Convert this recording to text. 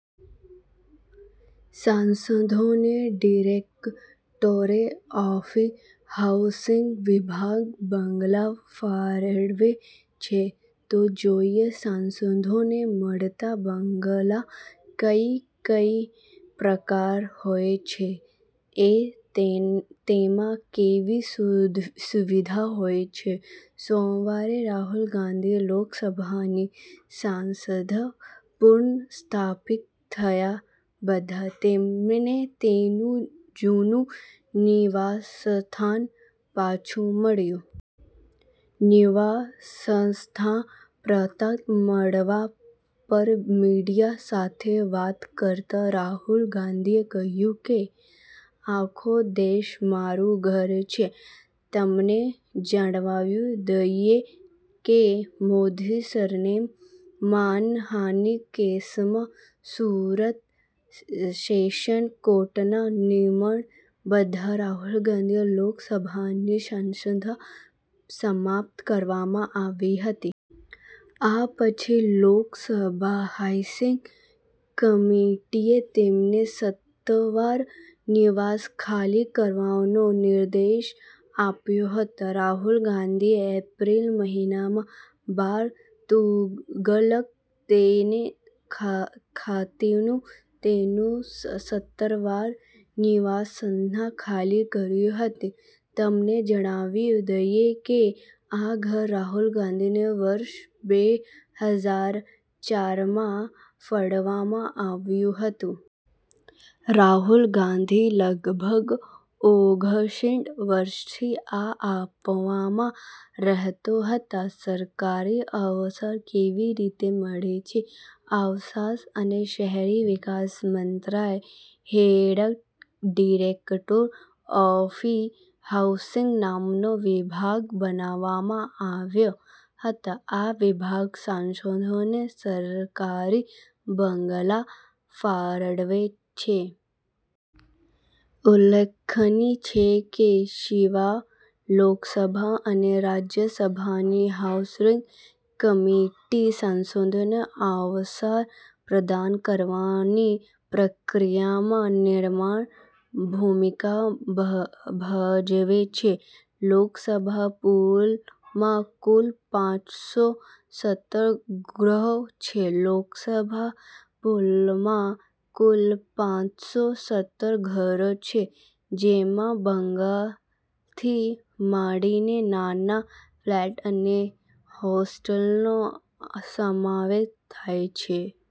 સાંસદોને directorate of housing વિભાગ બંગલા ફાળવે છે, તો જોઈએ સાંસદોને મળતા બંગલા કઈ કઈ પ્રકારના હોય છે, અને તેમાં કેવી સુવિધા હોય છે. સોમવારે રાહુલ ગાંધીની લોકસભાની સાંસદ પુનઃસ્થાપિત થયા બાદ, તેમને તેમનું જૂનું નિવાસસ્થાન પાછું મળ્યું. નિવાસસ્થાન પરત મળવા પર મીડિયા સાથે વાત કરતા રાહુલ ગાંધીએ કહ્યું કે, આખો દેશ મારું ઘર છે. તમને જણાવી દઈએ કે, મોદી સરનેમ માનહાનિ કેસમાં સુરત સેશન્સ કોર્ટના નિર્ણય બાદ રાહુલ ગાંધીની લોકસભાની સદસ્યતા સમાપ્ત કરવામાં આવી હતી. આ પછી લોકસભા હાઉસિંગ કમિટીએ તેમને સત્તાવાર નિવાસ ખાલી કરવાનો નિર્દેશ આપ્યો હતો. રાહુલ ગાંધીએ એપ્રિલ મહિનામાં બાર તુગલક લેન ખાતેનું તેમનું સત્તાવાર નિવાસસ્થાન ખાલી કર્યું હતું. તમને જણાવી દઈએ કે, આ ઘર રાહુલ ગાંધીને વર્ષ બે હજાર ચારમાં ફાળવવામાં આવ્યું હતું. રાહુલ ગાંધી લગભગ ઓગણીષ વર્ષથી આ આવાસમાં રહેતા હતા. સરકારી આવાસ કેવી રીતે મળે છે? આવાસ અને શહેરી વિકાસ મંત્રાલય હેઠળ ડિરેક્ટોરેટ ઓફ હાઉસિંગ નામનો વિભાગ બનાવવામાં આવ્યો હતો. આ વિભાગ સાંસદોને સરકારી બંગલા ફાળવે છે. ઉલ્લેખનીય છે કે, સિવાય, લોકસભા અને રાજ્યસભાની હાઉસિંગ કમિટી સાંસદોને આવાસ પ્રદાન કરવાની પ્રક્રિયામાં નિર્ણાયક ભૂમિકા ભજવે છે. લોકસભા પૂલમાં કુલ પાંચસો સત્તર ગૃહો છે, લોકસભા પૂલમાં કુલ પાંચસો સત્તર ઘરો છે, જેમાં બંગલાથી માંડીને નાના ફ્લેટ અને હોસ્ટેલનો સમાવેશ થાય છે.